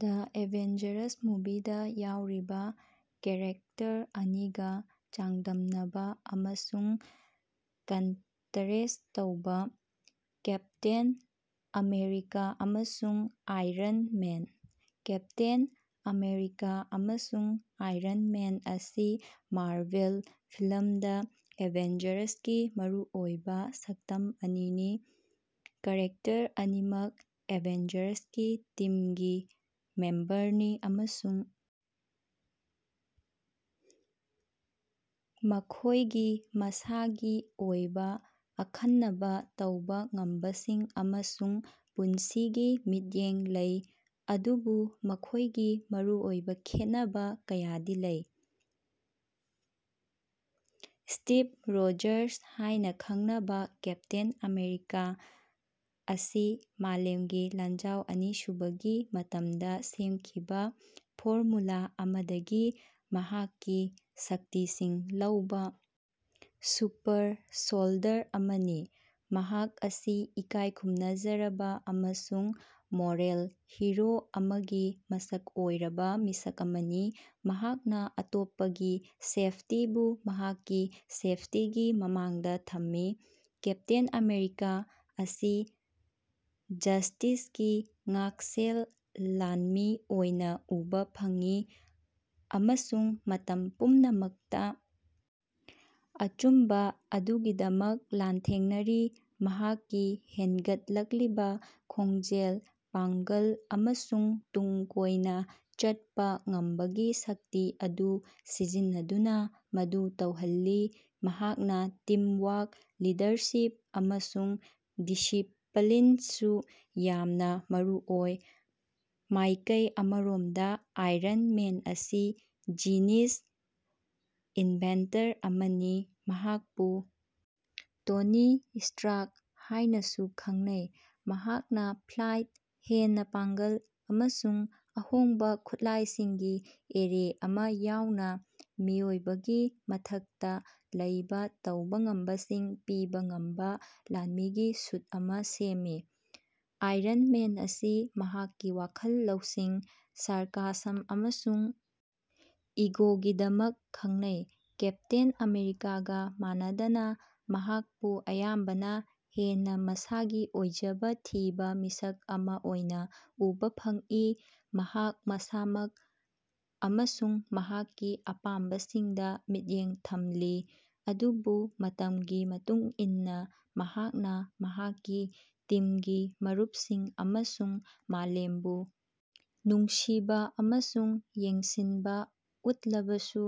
ꯗ Avengers ꯃꯨꯚꯤꯗ ꯌꯥꯎꯔꯤꯕ character ꯑꯅꯤꯒ ꯆꯥꯡꯗꯝꯅꯕ ꯑꯃꯁꯨꯡ ꯀꯟꯇꯔꯦꯁ꯭ꯠ ꯇꯧꯕꯥ꯫ ꯀꯦꯞꯇꯦꯟ ꯑꯃꯦꯔꯤꯀꯥ ꯑꯃꯁꯨꯡ ꯑꯥꯏꯔꯟ ꯃꯦꯟ꯫ ꯀꯦꯞꯇꯦꯟ ꯑꯃꯦꯔꯤꯀꯥ ꯑꯃꯁꯨꯡ ꯑꯥꯏꯔꯟ ꯃꯦꯟ ꯑꯁꯤ ꯃꯥꯔꯚꯦꯜ ꯐꯤꯂꯝꯗ ꯑꯦꯚꯦꯟꯖꯔꯁꯀꯤ ꯃꯔꯨꯑꯣꯏꯕ ꯁꯛꯇꯝ ꯑꯅꯤꯅꯤ꯫ ꯀꯦꯔꯦꯛꯇꯔ ꯑꯅꯤꯃꯛ ꯑꯦꯚꯦꯟꯖꯔꯁꯀꯤ ꯇꯤꯝꯒꯤ ꯃꯦꯝꯕꯔꯅꯤ ꯑꯃꯁꯨꯡ ꯃꯈꯣꯏꯒꯤ ꯃꯁꯥꯒꯤ ꯑꯣꯏꯕ ꯑꯈꯟꯅꯕ ꯇꯧꯕ ꯉꯝꯕꯁꯤꯡ ꯑꯃꯁꯨꯡ ꯄꯨꯟꯁꯤꯒꯤ ꯃꯤꯠꯌꯦꯡ ꯂꯩ, ꯑꯗꯨꯕꯨ ꯃꯈꯣꯏꯒꯤ ꯃꯔꯨꯑꯣꯏꯕ ꯈꯦꯠꯅꯕ ꯀꯌꯥꯗꯤ ꯂꯩ꯫ ꯁ꯭ꯇꯤꯚ ꯔꯣꯖꯔꯁ ꯍꯥꯏꯅ ꯈꯪꯅꯕ ꯀꯦꯞꯇꯦꯟ ꯑꯃꯦꯔꯤꯀꯥ ꯑꯁꯤ ꯃꯥꯂꯦꯝꯒꯤ ꯂꯥꯟꯖꯥꯎ ꯑꯅꯤꯁꯨꯕꯒꯤ ꯃꯇꯝꯗ ꯁꯦꯝꯈꯤꯕꯥ ꯐꯣꯔꯃꯨꯂꯥ ꯑꯃꯗꯒꯤ ꯃꯍꯥꯛꯀꯤ ꯁꯛꯇꯤꯁꯤꯡ ꯂꯧꯕ ꯁꯨꯄꯔ-ꯁꯣꯜꯗꯔ ꯑꯃꯅꯤ꯫ ꯃꯍꯥꯛ ꯑꯁꯤ ꯏꯀꯥꯏ ꯈꯨꯝꯅꯖꯔꯕ ꯑꯃꯁꯨꯡ ꯃꯣꯔꯦꯜ ꯍꯤꯔꯣ ꯑꯃꯒꯤ ꯃꯁꯛ ꯑꯣꯏꯔꯕ ꯃꯤꯁꯛ ꯑꯃꯅꯤ, ꯃꯍꯥꯛꯅ ꯑꯇꯣꯞꯄꯒꯤ ꯁꯦꯐꯇꯤꯕꯨ ꯃꯍꯥꯛꯀꯤ ꯁꯦꯐꯇꯤꯒꯤ ꯃꯃꯥꯡꯗꯥ ꯊꯝꯃꯤ꯫ ꯀꯦꯞꯇꯦꯟ ꯑꯃꯦꯔꯤꯀꯥ ꯑꯁꯤ ꯖꯁ꯭ꯇꯤꯁꯀꯤ ꯉꯥꯛꯁꯦꯜ ꯂꯥꯟꯃꯤ ꯑꯣꯏꯅ ꯎꯕ ꯐꯪꯏ, ꯑꯃꯁꯨꯡ ꯃꯇꯝ ꯄꯨꯝꯅꯃꯛꯇ ꯑꯆꯨꯝꯕ ꯑꯗꯨꯒꯤꯗꯃꯛ ꯂꯥꯟꯊꯦꯡꯅꯔꯤ, ꯃꯍꯥꯛꯀꯤ ꯍꯦꯟꯒꯠꯂꯛꯂꯤꯕ ꯈꯣꯡꯖꯦꯜ, ꯄꯥꯡꯒꯜ ꯑꯃꯁꯨꯡ ꯇꯨꯡ ꯀꯣꯏꯅ ꯆꯠꯄ ꯉꯝꯕꯒꯤ ꯁꯛꯇꯤ ꯑꯗꯨ ꯁꯤꯖꯤꯟꯅꯗꯨꯅ ꯃꯗꯨ ꯇꯧꯍꯜꯂꯤ꯫ ꯃꯍꯥꯛꯅ ꯇꯤꯝꯋꯥꯔꯛ, ꯂꯤꯗꯔꯁꯤꯞ ꯑꯃꯁꯨꯡ ꯗꯤꯁꯤꯄꯂꯤꯟꯁꯨ ꯌꯥꯝꯅ ꯃꯔꯨꯑꯣꯏ꯫ ꯃꯥꯏꯀꯩ ꯑꯃꯔꯣꯝꯗ ꯑꯥꯏꯔꯟ ꯃꯦꯟ ꯑꯁꯤ ꯖꯤꯅꯤꯁ ꯏꯟꯚꯦꯟꯇꯔ ꯑꯃꯅꯤ, ꯃꯍꯥꯛꯄꯨ ꯇꯣꯅꯤ ꯁ꯭ꯇꯥꯔꯛ ꯍꯥꯏꯅꯁꯨ ꯈꯪꯅꯩ꯫ ꯃꯍꯥꯛꯅ ꯐ꯭ꯂꯥꯏꯠ, ꯍꯦꯟꯅ ꯄꯥꯡꯒꯜ, ꯑꯃꯁꯨꯡ ꯑꯍꯣꯡꯕ ꯈꯨꯠꯂꯥꯏꯁꯤꯡꯒꯤ ꯑꯦꯔꯦ ꯑꯃꯥ ꯌꯥꯎꯅ ꯃꯤꯑꯣꯏꯕꯒꯤ ꯃꯊꯛꯇ ꯂꯩꯕ ꯇꯧꯕ ꯉꯝꯕꯁꯤꯡ ꯄꯤꯕ ꯉꯝꯕ ꯂꯥꯟꯃꯤꯒꯤ ꯁꯨꯠ ꯑꯃꯥ ꯁꯦꯝꯃꯤ꯫ ꯑꯥꯏꯔꯟ ꯃꯦꯟ ꯑꯁꯤ ꯃꯍꯥꯛꯀꯤ ꯋꯥꯈꯜ ꯂꯧꯁꯤꯡ, ꯁꯥꯔꯀꯥꯁꯝ ꯑꯃꯁꯨꯡ ꯏꯒꯣꯒꯤꯗꯃꯛ ꯈꯪꯅꯩ꯫ ꯀꯦꯞꯇꯦꯟ ꯑꯃꯦꯔꯤꯀꯥꯒ ꯃꯥꯟꯅꯗꯅ, ꯃꯍꯥꯛꯄꯨ ꯑꯌꯥꯝꯕꯅ ꯍꯦꯟꯅ ꯃꯁꯥꯒꯤ ꯑꯣꯏꯖꯕ ꯊꯤꯕ ꯃꯤꯁꯛ ꯑꯃ ꯑꯣꯏꯅ ꯎꯕ ꯐꯪꯏ, ꯃꯍꯥꯛ ꯃꯁꯥꯃꯛ ꯑꯃꯁꯨꯡ ꯃꯍꯥꯛꯀꯤ ꯑꯄꯥꯝꯕꯁꯤꯡꯗ ꯃꯤꯠꯌꯦꯡ ꯊꯝꯂꯤ, ꯑꯗꯨꯕꯨ ꯃꯇꯝꯒꯤ ꯃꯇꯨꯡ ꯏꯟꯅ ꯃꯍꯥꯛꯅ ꯃꯍꯥꯛꯀꯤ ꯇꯤꯝꯒꯤ ꯃꯔꯨꯞꯁꯤꯡ ꯑꯃꯁꯨꯡ ꯃꯥꯂꯦꯝꯕꯨ ꯅꯨꯡꯁꯤꯕ ꯑꯃꯁꯨꯡ ꯌꯦꯡꯁꯤꯟꯕ ꯎꯠꯂꯕꯁꯨ꯫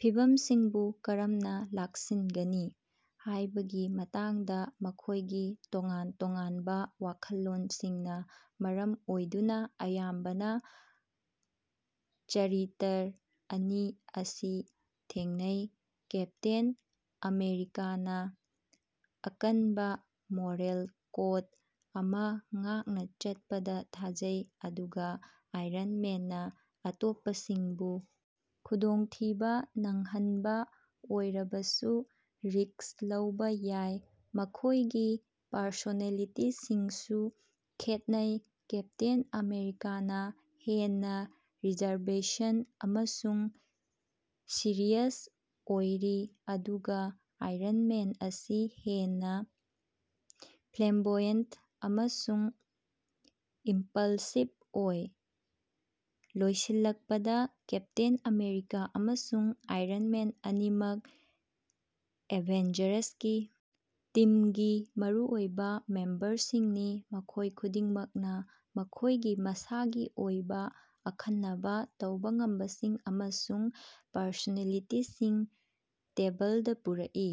ꯐꯤꯚꯝꯁꯤꯡꯕꯨ ꯀꯔꯝꯅ ꯂꯥꯛꯁꯤꯟꯒꯅꯤ ꯍꯥꯏꯕꯒꯤ ꯃꯇꯥꯡꯗ ꯃꯈꯣꯏꯒꯤ ꯇꯣꯉꯥꯟ ꯇꯣꯉꯥꯟꯕ ꯋꯥꯈꯜꯂꯣꯟꯁꯤꯡꯅ ꯃꯔꯝ ꯑꯣꯏꯗꯨꯅ ꯑꯌꯥꯝꯕꯅ ꯆꯔꯤꯇꯔ ꯑꯅꯤ ꯑꯁꯤ ꯊꯦꯡꯅꯩ꯫ ꯀꯦꯞꯇꯦꯟ ꯑꯃꯦꯔꯤꯀꯥꯅ ꯑꯀꯟꯕ ꯃꯣꯔꯦꯜ ꯀꯣꯗ ꯑꯃꯥ ꯉꯥꯛꯅ ꯆꯠꯄꯗ ꯊꯥꯖꯩ, ꯑꯗꯨꯒ ꯑꯥꯏꯔꯟ ꯃꯦꯟꯅ ꯑꯇꯣꯞꯄꯁꯤꯡꯕꯨ ꯈꯨꯗꯣꯡꯊꯤꯕꯥ ꯅꯪꯍꯟꯕ ꯑꯣꯏꯔꯕꯁꯨ ꯔꯤꯁ꯭ꯛ ꯂꯧꯕ ꯌꯥꯏ꯫ ꯃꯈꯣꯏꯒꯤ ꯄꯔꯁꯣꯅꯦꯂꯤꯇꯤꯁꯤꯡꯁꯨ ꯈꯦꯠꯅꯩ, ꯀꯦꯞꯇꯦꯟ ꯑꯃꯦꯔꯤꯀꯥꯅ ꯍꯦꯟꯅ ꯔꯤꯖꯔꯕꯦꯁꯟ ꯑꯃꯁꯨꯡ ꯁꯤꯔꯤꯌꯁ ꯑꯣꯏꯔꯤ, ꯑꯗꯨꯒ ꯑꯥꯏꯔꯟ ꯃꯦꯟ ꯑꯁꯤ ꯍꯦꯟꯅ ꯐ꯭ꯂꯦꯝꯕꯣꯌꯟꯠ ꯑꯃꯁꯨꯡ ꯏꯝꯄꯜꯁꯤꯕ ꯑꯣꯏ꯫ ꯂꯣꯏꯁꯤꯜꯂꯛꯄꯗ, ꯀꯦꯞꯇꯦꯟ ꯑꯃꯦꯔꯤꯀꯥ ꯑꯃꯁꯨꯡ ꯑꯥꯏꯔꯟ ꯃꯦꯟ ꯑꯅꯤꯃꯛ ꯑꯦꯚꯦꯟꯖꯔꯁꯀꯤ ꯇꯤꯝꯒꯤ ꯃꯔꯨꯑꯣꯏꯕ ꯃꯦꯝꯕꯔꯁꯤꯡꯅꯤ, ꯃꯈꯣꯏ ꯈꯨꯗꯤꯡꯃꯛꯅ ꯃꯈꯣꯏꯒꯤ ꯃꯁꯥꯒꯤ ꯑꯣꯏꯕ ꯑꯈꯟꯅꯕ ꯇꯧꯕ ꯉꯝꯕꯁꯤꯡ ꯑꯃꯁꯨꯡ ꯄꯔꯁꯣꯅꯦꯂꯤꯇꯤꯁꯤꯡ ꯇꯦꯕꯜꯗ ꯄꯨꯔꯛꯏ꯫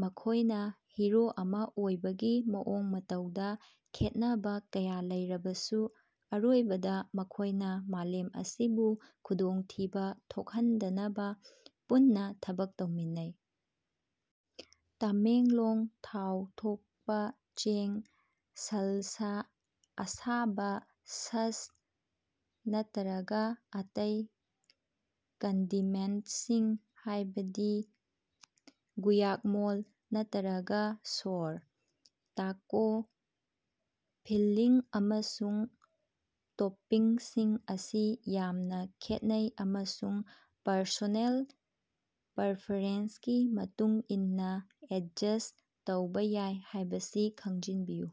ꯃꯈꯣꯏꯅ ꯍꯤꯔꯣ ꯑꯃꯥ ꯑꯣꯏꯕꯒꯤ ꯃꯑꯣꯡ ꯃꯇꯧꯗ ꯈꯦꯠꯅꯕ ꯀꯌꯥ ꯂꯩꯔꯕꯁꯨ, ꯑꯔꯣꯏꯕꯗ ꯃꯈꯣꯏꯅ ꯃꯥꯂꯦꯝ ꯑꯁꯤꯕꯨ ꯈꯨꯗꯣꯡꯊꯤꯕ ꯊꯣꯛꯍꯟꯗꯅꯕ ꯄꯨꯟꯅ ꯊꯕꯛ ꯇꯧꯃꯤꯟꯅꯩ꯫ ꯇꯃꯦꯡꯂꯣꯡ ꯊꯥꯎ ꯊꯣꯛꯄ ꯆꯦꯡ ꯁꯥꯜꯁꯥ, ꯑꯁꯥꯕꯥ ꯁꯁ ꯅꯠꯇꯔꯒ ꯑꯇꯩ ꯀꯟꯗꯤꯃꯦꯟꯠꯁꯤꯡ ꯍꯥꯏꯕꯗꯤ ꯒꯨꯌꯥꯛꯃꯣꯜ ꯅꯠꯇꯔꯒ ꯁꯣꯔ꯫ ꯇꯥꯀꯣ ꯐꯤꯜꯂꯤꯡ ꯑꯃꯁꯨꯡ ꯇꯣꯄꯤꯡꯁꯤꯡ ꯑꯁꯤ ꯌꯥꯝꯅ ꯈꯦꯠꯅꯩ ꯑꯃꯁꯨꯡ ꯄꯔꯁꯣꯅꯦꯜ ꯄꯔꯐꯦꯔꯦꯟꯁꯀꯤ ꯃꯇꯨꯡ ꯏꯟꯅ ꯑꯦꯗꯖꯁ꯭ꯠ ꯇꯧꯕ ꯌꯥꯏ ꯍꯥꯏꯕꯁꯤ ꯈꯪꯖꯤꯟꯕꯤꯌꯨ꯫